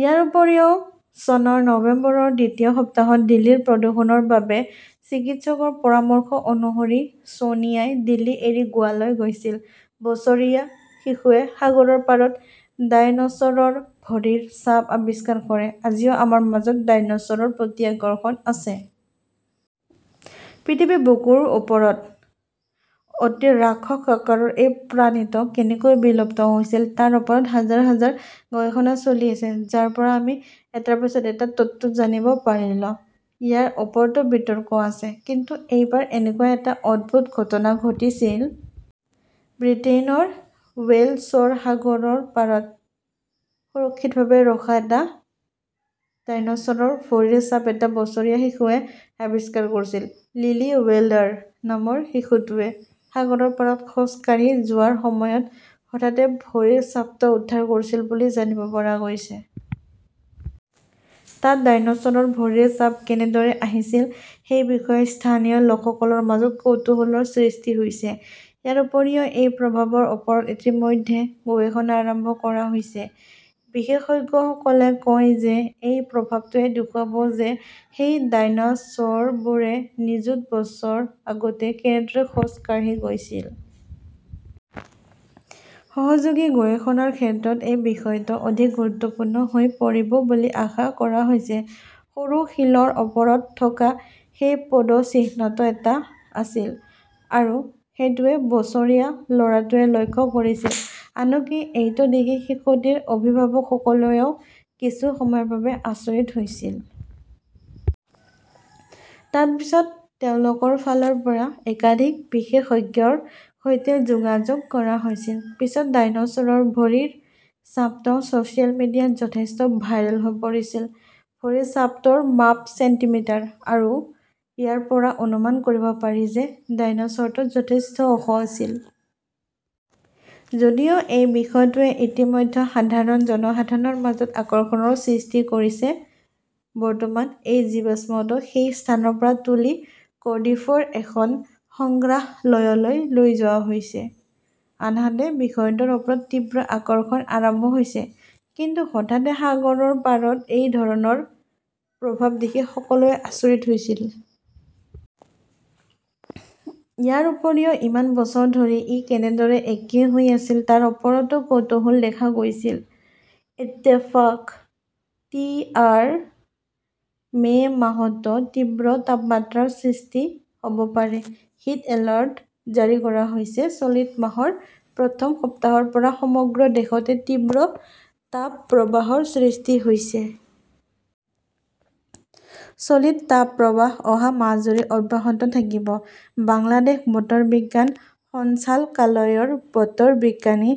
ইয়াৰ উপৰিও, চনৰ নৱেম্বৰৰ দ্বিতীয় সপ্তাহত দিল্লীৰ প্ৰদূষণৰ বাবে চিকিৎসকৰ পৰামৰ্শ অনুসৰি ছোনিয়াই দিল্লী এৰি গোৱালৈ গৈছিল। বছৰীয়া শিশুৱে সাগৰৰ পাৰত ডাইনোছৰৰ ভৰিৰ ছাপ আৱিষ্কাৰ কৰে আজিও আমাৰ মাজত ডাইনোছৰৰ প্ৰতি আকৰ্ষণ আছে। পৃথিৱীৰ বুকুৰ ওপৰত অতি ৰাক্ষস আকাৰৰ এই প্ৰাণীটো কেনেকৈ বিলুপ্ত হৈছিল তাৰ ওপৰত হাজাৰ হাজাৰ গৱেষণা চলি আছে। যাৰ পৰা আমি এটাৰ পিছত এটা তত্ত্ব জানিব পাৰিলো। ইয়াৰ ওপৰতো বিতৰ্ক আছে। কিন্তু এইবাৰ এনেকুৱা এটা অদ্ভুত ঘটনা ঘটিছিল। ব্ৰিটেইনৰ ৱেলছৰ সাগৰৰ পাৰত সুৰক্ষিতভাৱে ৰখা এটা ডাইনোছৰৰ ভৰিৰ ছাপ এটা বছৰীয়া শিশুৱে আৱিষ্কাৰ কৰিছিল। লিলি ৱেল্ডাৰ নামৰ শিশুটিৱে সাগৰৰ পাৰত খোজ কাঢ়ি যোৱাৰ সময়ত হঠাতে ভৰিৰ ছাপটো উদ্ধাৰ কৰিছিল বুলি জানিব পৰা গৈছে। তাত ডাইনোছৰৰ ভৰিৰ ছাপ কেনেদৰে আহিছিল সেই বিষয়ে স্থানীয় লোকসকলৰ মাজত কৌতূহলৰ সৃষ্টি হৈছে। ইয়াৰ উপৰিও, এই প্ৰভাৱৰ ওপৰত ইতিমধ্যে গৱেষণা আৰম্ভ কৰা হৈছে। বিশেষজ্ঞসকলে কয় যে এই প্ৰভাৱটোৱে দেখুৱাব যে সেই ডাইনোছৰবোৰে নিযুত বছৰ আগতে কেনেদৰে খোজ কাঢ়ি গৈছিল। সহযোগী গৱেষণাৰ ক্ষেত্ৰত এই বিষয়টো অধিক গুৰুত্বপূৰ্ণ হৈ পৰিব বুলি আশা কৰা হৈছে। সৰু শিলৰ ওপৰত থকা সেই পদচিহ্নটো এটা আছিল। আৰু সেইটোৱেই বছৰীয়া ল "ৰাটোৱে লক্ষ্য কৰিছিল। আনকি এইটো দেখি শিশুটিৰ অভিভাৱকসকলেও কিছু সময়ৰ বাবে আচৰিত হৈছিল। তাৰ পিছতে তেওঁলোকৰ ফালৰ পৰা একাধিক বিশেষজ্ঞৰ সৈতে যোগাযোগ কৰা হৈছিল। পিছত ডাইনোছৰৰ ভৰিৰ ছাপটো ছ "চিয়েল মিডিয়াত যথেষ্ট ভাইৰেল হৈ পৰিছিল। ভৰিৰ ছাপটোৰ মাপ চেণ্টিমিটাৰ। আৰু ইয়াৰ পৰা অনুমান কৰিব পাৰি যে ডাইনোছৰটো যথেষ্ট ওখ আছিল। যদিও এই বিষয়টোৱে ইতিমধ্যে সাধাৰণ জনসাধাৰণৰ মাজত আকৰ্ষণৰ সৃষ্টি কৰিছে। বৰ্তমান এই জীৱাশ্মটো সেই স্থানৰ পৰা তুলি কৰ্ডিফৰ এখন সংগ্ৰহালয়লৈ লৈ যোৱা হৈছে। আনহাতে, বিষয়টোৰ ওপৰত তীব্ৰ আকৰ্ষণ আৰম্ভ হৈছে। কিন্তু হঠাতে সাগৰৰ পাৰত এই ধৰণৰ প্ৰভাৱ দেখি সকলোৱে আচৰিত হৈছিল। ইয়াৰ উপৰিও, ইমান বছৰ ধৰি ই কেনেদৰে একেই হৈ আছিল তাৰ ওপৰতো কৌতূহল দেখা গৈছিল। ইত্তেফাক/টিআৰ মে "মাহতো তীব্ৰ তাপমাত্ৰাৰ সৃষ্টি হ" ব পাৰে, হিট এলাৰ্ট জাৰি কৰা হৈছে চলিত মাহৰ প্ৰথম সপ্তাহৰ পৰা সমগ্ৰ দেশতে তীব্ৰ তাপপ্ৰবাহৰ সৃষ্টি হৈছে। চলিত তাপপ্ৰবাহ অহা মাহজুৰি অব্যাহত থাকিব। বাংলাদেশ বতৰ বিজ্ঞান সঞ্চালকালয়ৰ বতৰ বিজ্ঞানী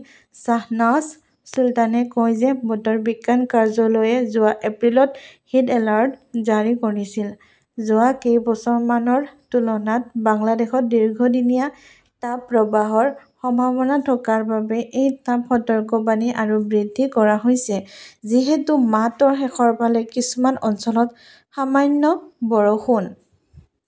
শ্বাহনাজ চুলতানে কয় যে বতৰ বিজ্ঞান কাৰ্যালয়ে যোৱা এপ্ৰিলত হিট এলাৰ্ট জাৰি কৰিছিল। যোৱা কেইবছৰমানৰ তুলনাত বাংলাদেশত দীৰ্ঘদিনীয়া তাপপ্ৰবাহৰ সম্ভাৱনা থকাৰ বাবে এই তাপ সতৰ্কবাণী আৰু বৃদ্ধি কৰা হৈছে। যিহেতু মাহটোৰ শেষৰ ফালে কিছুমান অঞ্চলত সামান্য বৰষুণ